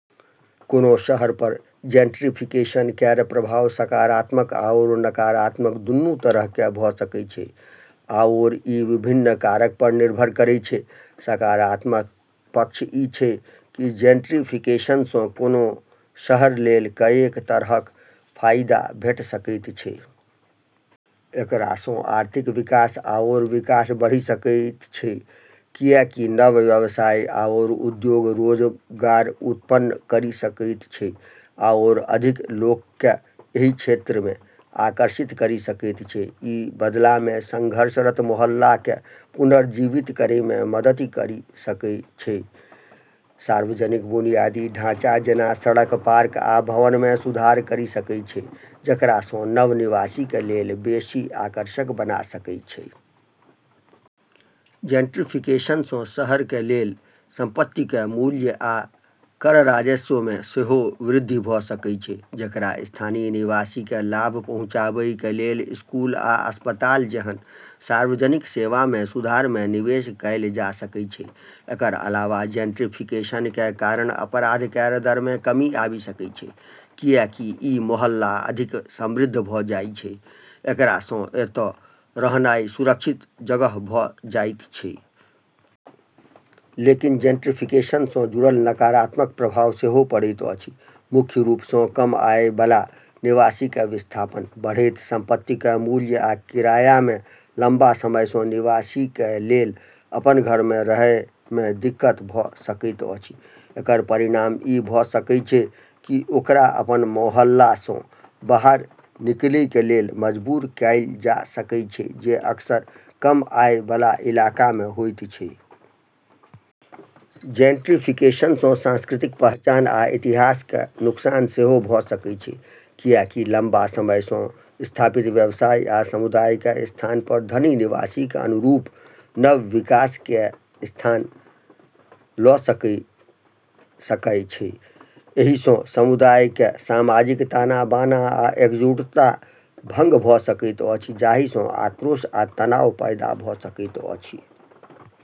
कोनो शहर पर जेंट्रिफिकेशन केर प्रभाव सकारात्मक आओर नकारात्मक दुन्नु तरहके भ' सकै छै आओर ई विभिन्न कारक पर निर्भर करै छै। सकारात्मक पक्ष ई छै कि जेंट्रीफिकेशनसँ कोनो शहर लेल कएक तरहक फाइदा भेट सकैत छै। एकरासँ आर्थिक विकास आओर विकास बढ़ि सकैत छै, किएकि नव व्यवसाय आओर उद्योग रोजगार उत्पन्न करि सकैत छै आओर अधिक लोकके एहि क्षेत्रमे आकर्षित करि सकैत छै। ई बदलामे संघर्षरत मोहल्लाके पुनर्जीवित करैमे मदति करि सकय छै, सार्वजनिक बुनियादी ढाँचा, जेना सड़क, पार्क, आ भवनमे सुधार करि सकै छै, जेकरासँ नव निवासीके लेल बेशी आकर्षक बना सकै छै । जेंट्रिफिकेशनसँ शहरके लेल संपत्तिके मूल्य आ कर राजस्वमे सेहो वृद्धि भ' सकै छै, जेकरा स्थानीय निवासीके लाभ पहुँचाबैके लेल स्कूल आ अस्पताल जेहन सार्वजनिक सेवामे सुधारमे निवेश कैल जा सकै छै । एकर अलावा जेंट्रिफिकेशनके कारण अपराध केर दरमे कमी आबि सकै छै, किएकि ई मोहल्ला अधिक समृद्ध भ' जाइ छै, जेकरासँ एतऽ रहनाइ सुरक्षित जगह भ' जाइत छै। लेकिन जेंट्रिफिकेशनसँ जुड़ल नकारात्मक प्रभाव सेहो पड़ैत अछि, मुख्य रूपसँ कम आयबला निवासीके विस्थापन । बढ़ैत संपत्तिके मूल्य आ किरायामे लंबा समयसँ निवासीके लेल अपन घरमे रहयमे दिक्कत भ' सकैत अछि । एकर परिणाम ई भ' सकै छै कि ओकरा अपन मोहल्लासँ बाहर निकलैके लेल मजबूर कैल जा सकै छै, जे अक्सर कम आयबला इलाकामे होइत छै । जेंट्रिफिकेशनसँ सांस्कृतिक पहचान आ इतिहासके नुकसान सेहो भ' सकै छै, किएकि लम्बा समयसँ स्थापित व्यवसाय आ समुदायके स्थान पर धनी निवासीके अनुरूप नव विकासके स्थान ल' सकै सकय छै । एहिसँ समुदायके सामाजिक ताना-बाना आ एकजुटता भंग भ' सकैत अछि, जाहिसँ आक्रोश आ तनाव पैदा भ' सकैत अछि।